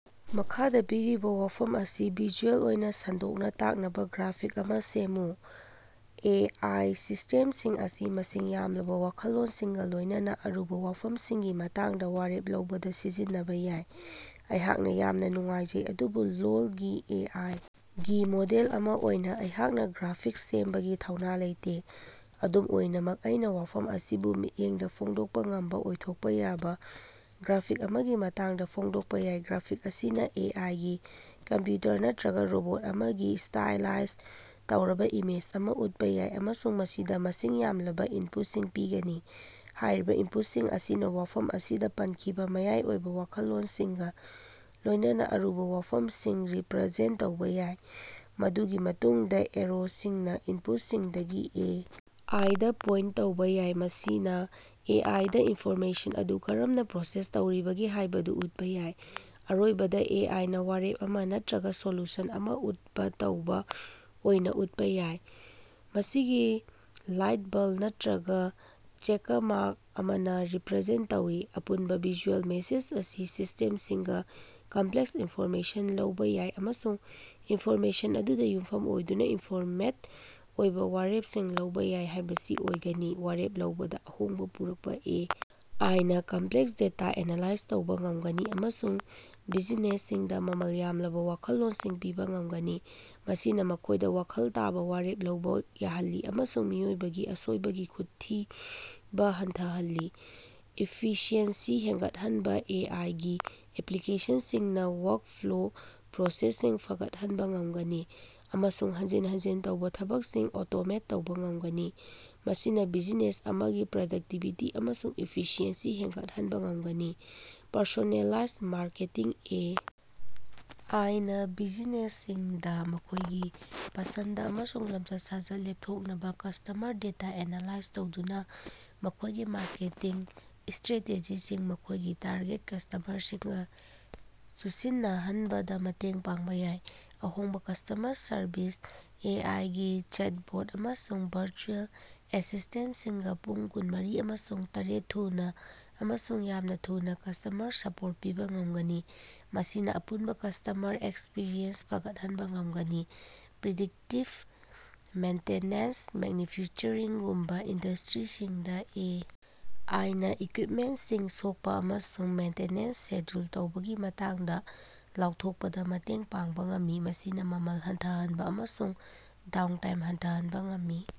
ꯃꯈꯥꯗ ꯄꯤꯔꯤꯕ ꯋꯥꯐꯝ ꯑꯁꯤ ꯚꯤꯖꯨꯑꯦꯜ ꯑꯣꯏꯅ ꯁꯟꯗꯣꯛꯅ ꯇꯥꯛꯅꯕ ꯒ꯭ꯔꯥꯐꯤꯛ ꯑꯃ ꯁꯦꯝꯃꯨ꯫ ꯑꯦ. ꯑꯥꯏ. ꯁꯤꯁ꯭ꯇꯦꯃꯁꯤꯡ ꯑꯁꯤ ꯃꯁꯤꯡ ꯌꯥꯝꯂꯕ ꯋꯥꯈꯜꯂꯣꯅꯁꯤꯡꯒ ꯂꯣꯏꯅꯅ ꯑꯔꯨꯕ ꯋꯥꯐꯝꯁꯤꯡꯒꯤ ꯃꯇꯥꯡꯗ ꯋꯥꯔꯦꯞ ꯂꯧꯕꯗ ꯁꯤꯖꯤꯟꯅꯕ ꯌꯥꯏ꯫ ꯑꯩꯍꯥꯛꯅ ꯌꯥꯝꯅ ꯅꯨꯡꯉꯥꯏꯖꯩ ꯑꯗꯨꯕꯨ ꯂꯣꯜꯒꯤ ꯑꯦ. ꯑꯥꯏ. ꯒꯤ ꯃꯣꯗꯦꯜ ꯑꯃ ꯑꯣꯏꯅ ꯑꯩꯍꯥꯛꯅ ꯒ꯭ꯔꯥꯐꯤꯛꯁ ꯁꯦꯝꯕꯒꯤ ꯊꯧꯅ ꯂꯩꯇꯦ꯫ ꯑꯗꯨꯝ ꯑꯣꯏꯅꯃꯛ ꯑꯩꯅ ꯋꯥꯐꯝ ꯑꯁꯤꯕꯨ ꯃꯤꯠꯌꯦꯡꯗ ꯐꯣꯡꯗꯣꯛꯄ ꯉꯝꯕ ꯑꯣꯏꯊꯣꯛꯄ ꯌꯥꯕ ꯒ꯭ꯔꯥꯐꯤꯛ ꯑꯃꯒꯤ ꯃꯇꯥꯡꯗ ꯐꯣꯡꯗꯣꯛꯄ ꯌꯥꯏ꯫ ꯒ꯭ꯔꯥꯐꯤꯛ ꯑꯁꯤꯅ ꯑꯦ. ꯑꯥꯏ. ꯒꯤ ꯀꯝꯄ꯭ꯌꯨꯇꯔ ꯅꯠꯇ꯭ꯔꯒꯥ ꯔꯣꯕꯣꯠ ꯑꯃꯒꯤ ꯏꯁ꯭ꯇꯥꯏꯂꯥꯏꯖ ꯇꯧꯔꯕ ꯏꯃꯦꯖ ꯑꯃ ꯎꯠꯄ ꯌꯥꯏ ꯑꯃꯁꯨꯡ ꯃꯁꯤꯗ ꯃꯁꯤꯡ ꯌꯥꯝꯂꯕ ꯏꯟꯄꯨꯠꯁꯤꯡ ꯄꯤꯒꯅꯤ꯫ ꯍꯥꯏꯔꯤꯕ ꯏꯟꯄꯨꯠꯁꯤꯡ ꯑꯁꯤꯅ ꯋꯥꯐꯝ ꯑꯁꯤꯗ ꯄꯟꯈꯤꯕ ꯃꯌꯥꯏ ꯑꯣꯏꯕ ꯋꯥꯈꯜꯂꯣꯅꯁꯤꯡꯒ ꯂꯣꯏꯅꯅ ꯑꯔꯨꯕ ꯋꯥꯐꯝꯁꯤꯡ ꯔꯤꯄꯔꯖꯦꯟꯇ ꯇꯧꯕ ꯌꯥꯏ꯫ ꯃꯗꯨꯒꯤ ꯃꯇꯨꯡꯗ ꯑꯦꯔꯣꯁꯤꯡꯅ ꯏꯟꯄꯨꯠꯁꯤꯡꯗꯒꯤ ꯑꯦ. ꯑꯥꯏ. ꯗ ꯄꯣꯏꯟꯇ ꯇꯧꯕ ꯌꯥꯏ ꯃꯁꯤꯅ ꯑꯦ. ꯑꯥꯏ. ꯅ ꯏꯟꯐꯣꯔꯃꯦꯁꯟ ꯑꯗꯨ ꯀꯔꯝꯅ ꯄ꯭ꯔꯣꯁꯦꯁ ꯇꯧꯔꯤꯕꯒꯦ ꯍꯥꯏꯕꯗꯨ ꯎꯠꯄ ꯌꯥꯏ꯫ ꯑꯔꯣꯏꯕꯗ ꯑꯦ. ꯑꯥꯏ. ꯅ ꯋꯥꯔꯦꯞ ꯑꯃ ꯅꯠꯇ꯭ꯔꯒꯥ ꯁꯣꯂꯨꯁꯟ ꯑꯃ ꯎꯠꯄ ꯇꯧꯕ ꯑꯣꯏꯅ ꯎꯠꯄ ꯌꯥꯏ ꯃꯁꯤ ꯂꯥꯏꯠꯕꯜ ꯅꯠꯇ꯭ꯔꯒꯥ ꯆꯦꯀꯃꯥꯔꯛ ꯑꯃꯅ ꯔꯤꯄꯔꯖꯦꯟꯇ ꯇꯧꯏ꯫ ꯑꯄꯨꯟꯕ ꯚꯤꯖꯨꯑꯦꯜ ꯃꯦꯁꯦꯖ ꯑꯁꯤ ꯁꯤꯁ꯭ꯇꯦꯝꯁꯤꯡꯅ ꯀꯝꯄꯂꯦꯛꯁ ꯏꯟꯐꯣꯔꯃꯦꯁꯟ ꯂꯧꯕ ꯌꯥꯏ ꯑꯃꯁꯨꯡ ꯏꯟꯐꯣꯔꯃꯦꯁꯟ ꯑꯗꯨꯗ ꯌꯨꯝꯐꯝ ꯑꯣꯏꯗꯨꯅ ꯏꯟꯐꯣꯔꯃꯦꯗ ꯑꯣꯏꯕ ꯋꯥꯔꯦꯞꯁꯤꯡ ꯂꯧꯕ ꯌꯥꯏ ꯍꯥꯏꯕꯁꯤ ꯑꯣꯏꯒꯅꯤ꯫ ꯋꯥꯔꯦꯞ ꯂꯧꯕꯗ ꯑꯍꯣꯡꯕ ꯄꯨꯔꯛꯄ: ꯑꯦ. ꯑꯥꯏ. ꯅ ꯀꯝꯞꯂꯦꯛꯁ ꯗꯦꯇꯥ ꯑꯦꯅꯥꯂꯥꯏꯖ ꯇꯧꯕ ꯉꯝꯒꯅꯤ ꯑꯃꯁꯨꯡ ꯕꯤꯖꯤꯅꯦꯁꯁꯤꯡꯗ ꯃꯃꯜ ꯌꯥꯝꯂꯕ ꯋꯥꯈꯜꯂꯣꯟꯁꯤꯡ ꯄꯤꯕ ꯉꯝꯒꯅꯤ ꯃꯁꯤꯅ ꯃꯈꯣꯏꯗ ꯋꯥꯈꯜ ꯇꯥꯕ ꯋꯥꯔꯦꯞ ꯂꯧꯕ ꯌꯥꯍꯜꯂꯤ ꯑꯃꯁꯨꯡ ꯃꯤꯑꯣꯏꯕꯒꯤ ꯑꯁꯣꯏꯕꯒꯤ ꯈꯨꯠꯊꯤꯕ ꯍꯟꯊꯍꯜꯂꯤ꯫ ꯏꯐꯤꯁꯤꯑꯦꯟꯁꯤ ꯍꯦꯟꯒꯠꯍꯟꯕ: ꯑꯦ. ꯑꯥꯏ. ꯒꯤ ꯑꯦꯞꯂꯤꯀꯦꯁꯟꯁꯤꯡꯅ ꯋꯥꯔꯛꯐ꯭ꯂꯣ ꯄ꯭ꯔꯣꯁꯦꯁꯁꯤꯡ ꯐꯒꯠꯍꯟꯕ ꯉꯝꯒꯅꯤ ꯑꯃꯁꯨꯡ ꯍꯟꯖꯤꯟ ꯍꯟꯖꯤꯟ ꯇꯧꯕ ꯊꯕꯛꯁꯤꯡ ꯑꯣꯇꯣꯃꯦꯠ ꯇꯧꯕ ꯉꯝꯒꯅꯤ‌ ꯃꯁꯤꯅ ꯕꯤꯖꯤꯅꯦꯁ ꯑꯃꯒꯤ ꯄ꯭ꯔꯗꯛꯇꯤꯕꯤꯇꯤ ꯑꯃꯁꯨꯡ ꯏꯐꯤꯁꯤꯑꯦꯟꯁꯤ ꯍꯦꯟꯒꯠꯍꯟꯕ ꯉꯝꯒꯅꯤ꯫ Personalise marketing A. ꯑꯥꯏ. ꯅ ꯕꯤꯖꯤꯅꯦꯁꯁꯤꯡꯗ ꯃꯈꯣꯏꯒꯤ ꯄꯁꯟꯗ ꯑꯃꯁꯨꯡ ꯂꯝꯆꯠ ꯁꯥꯖꯠ ꯂꯦꯞꯊꯣꯛꯅꯕ ꯀꯁ꯭ꯇꯃꯔ ꯗꯦꯇꯥ ꯑꯦꯅꯥꯂꯥꯏꯖ ꯇꯧꯗꯨꯅ ꯃꯈꯣꯏꯒꯤ ꯃꯥꯔꯀꯦꯇꯤꯡ ꯏꯁ꯭ꯇꯔꯦꯇꯦꯖꯤꯁꯤꯡ ꯃꯈꯣꯏꯒꯤ ꯇꯥꯔꯒꯦꯠ ꯀꯁ꯭ꯇꯃꯔꯁꯤꯡꯒ ꯆꯨꯁꯤꯟꯅꯍꯟꯕꯗ ꯃꯇꯦꯡ ꯄꯥꯡꯕ ꯌꯥꯏ꯫ ꯑꯍꯣꯡꯕ ꯀꯁ꯭ꯇꯃꯔ ꯁꯔꯕꯤꯁ: ꯑꯦ. ꯑꯥꯏ. ꯒꯤ ꯆꯦꯠꯕꯣꯠ ꯑꯃꯁꯨꯡ ꯚꯔꯆꯨꯑꯦꯜ ꯑꯦꯁꯤꯁ꯭ꯇꯦꯟꯇꯁꯤꯡꯅ ꯄꯨꯡ ꯀꯨꯟꯃꯔꯤ ꯑꯃꯁꯨꯡ ꯇꯔꯦꯠ ꯊꯨꯅ ꯑꯃꯁꯨꯡ ꯌꯥꯝꯅ ꯊꯨꯅ ꯀꯁ꯭ꯇꯃꯔ ꯁꯄꯣꯔꯠ ꯄꯤꯕ ꯉꯝꯒꯅꯤ ꯃꯁꯤꯅ ꯑꯄꯨꯟꯕ ꯀꯁ꯭ꯇꯃꯔ ꯑꯦꯛꯁꯄꯔꯤꯌꯦꯟꯁ ꯐꯒꯠꯍꯟꯕ ꯉꯝꯒꯅꯤ꯫ ꯄ꯭ꯔꯤꯗꯤꯛꯇꯤꯚ ꯃꯦꯟꯇꯦꯅꯦꯟꯁ: ꯃꯦꯅꯌꯨꯐꯦꯛꯆꯔꯤꯡꯒꯨꯝꯕ ꯏꯟꯗꯁ꯭ꯇꯔꯤꯁꯤꯡꯗ ꯑꯦ. ꯑꯥꯏ. ꯅ ꯏꯀꯌꯨꯏꯞꯃꯦꯟꯇꯁꯤꯡ ꯁꯣꯛꯄ ꯑꯃꯁꯨꯡ ꯃꯦꯟꯇꯦꯅꯦꯟꯁ ꯁꯦꯗ꯭ꯌꯨꯜ ꯇꯧꯕꯒꯤ ꯃꯇꯥꯡꯗ ꯂꯥꯎꯊꯣꯛꯄꯗ ꯃꯇꯦꯡ ꯄꯥꯡꯕ ꯉꯝꯃꯤ ꯃꯁꯤꯅ ꯃꯃꯜ ꯍꯟꯊꯍꯟꯕ ꯑꯃꯁꯨꯡ ꯗꯥꯎꯟꯇꯥꯏꯝ ꯍꯟꯊꯍꯟꯕ ꯉꯝꯃꯤ꯫